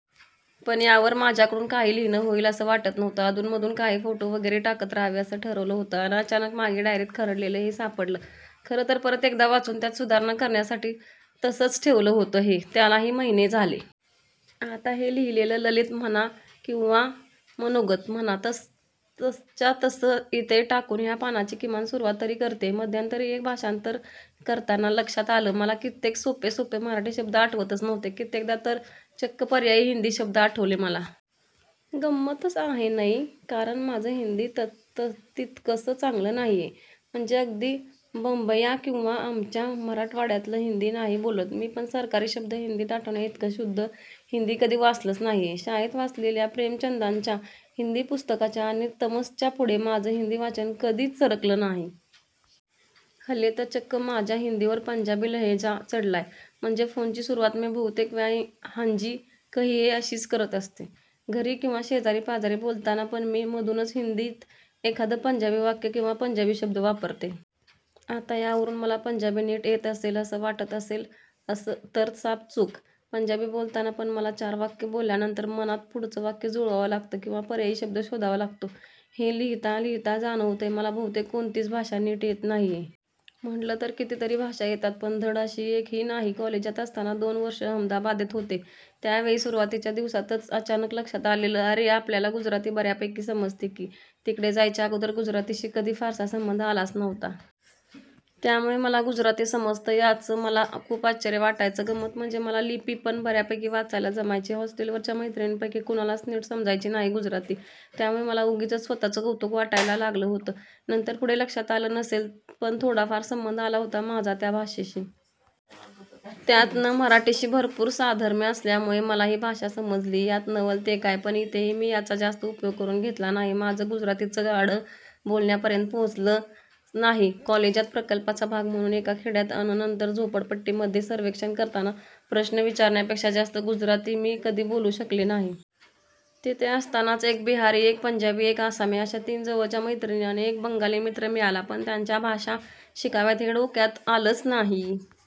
पण यावर माझ्याकडून काही लिहिणं होईल असं वाटत नव्हतं. मधून अधून काही फोटो वगैरे टाकत रहावे असं ठरवलं होतं. अन अचानक मागे डायरीत खरडलेलं हे सापडलं. खरंतर परत एकदा वाचून त्यात सुधारणा करण्यासाठी तसचं ठेवलं होतं हे, त्यालाही महिने झाले. आता हे लिहिलेलं ललित म्हणा किंवा मनोगत म्हणा तसच्या तसं इथे टाकून ह्या पानाची किमान सुरवात तरी करतेय. मध्यंतरी एक भाषांतर करताना लक्षात आलं, मला कित्येक सोप्पे-सोप्पे मराठी शब्द आठवतच नव्हते. कित्येकदा तर चक्क पर्यायी हिंदी शब्द आठवले मला. गम्मतच आहे नै? कारण माझं हिंदी तितकस चांगलं नाहीये. म्हणजे अगदी बंबय्या किंवा आमच्या मराठवाड्यातलं हिंदी नाही बोलत मी, पण सरकारी शब्द हिंदीत आठवण्याइतकं शुद्ध हिंदी कधी वाचलच नाहीये. शाळेत वाचलेल्या प्रेमचंदांच्या हिंदी पुस्तकाच्या आणि तमसच्या पुढे माझं हिंदी वाचन कधीच सरकलं नाही. हल्ली तर चक्क माझ्या हिंदीवर पंजाबी लहेजा चढलाय. म्हणजे फोनची सुरवात मी बहुतेकवेळा हांजी कहिये अशीच करत असते. घरी किंवा शेजारी पाजारी बोलताना पण मी मधूनच हिंदीत एखादं पंजाबी वाक्य किंवा पंजाबी शब्द वापरते. आता यावरून मला पंजाबी नीट येत असेल असं वाटत असेल तर साफ चूक. पंजाबी बोलताना पण मला, चार वाक्य बोलल्यानंतर मनात पुढचं वाक्य जुळवावं लागत किंवा पर्यायी शब्द शोधावा लागतो. हे लिहिता लिहिता जाणवतयं, मला बहुतेक कोणतीच भाषा नीट येत नाहीये. म्हटलं तर कितीतरी भाषा येतात, पण धड अशी एकही नाही. कॉलेजात असताना दोन वर्ष अहमदाबादेत होते, त्यावेळी सुरवातीच्या दिवसातच अचानक लक्षात आलेलं, अरे आपल्याला गुजराती बर्यापैकी समजते की. तिकडे जायच्या अगोदर गुजरातीशी कधी फारसा संबंध आलाच नव्हता. त्यामूळे मला गुजराती समजतं याचं मलाच खुप आश्चर्य वाटायचं. गंमत म्हणजे मला लिपीपण बर्यापै़की वाचायला जमायची. हॉस्टेलवरच्या मैत्रिणींपैकी कुणालाच नीट समजायची नाही गुजराती. त्यामुळे मला उगिचच स्वतःचं कौतुक वाटायला लागलं होतं. नंतर पूढे लक्षात आलं, नसेल पण थोडाफार संबंध आला होता माझा त्या भाषेशी. त्यातनं मराठीशी भरपूर साधर्म्य असल्यामूळे मला ही भाषा समजली यात नवल ते काय. पण इथेही मी याचा जास्त उपयोग करुन घेतला नाही. माझं गुजरातीचं गाडं बोलण्यापर्यंत पोचलंच नाही. कॉलेजात प्रकल्पाचा भाग म्हणून एका खेड्यात अन नंतर झोपडपट्टीमध्ये सर्वेक्षण करताना प्रश्ण विचारण्यापेक्षा जास्त गुजराती मी कधी बोलू शकले नाही. तिथे असतानाच एक बिहारी, एक पंजाबी एक आसामी अश्या तिन जवळच्या मैत्रिणी अन एक बंगाली मित्र मिळाला. पण त्यांच्या भाषा शिकाव्यात हे डोक्यात आलंच नाही.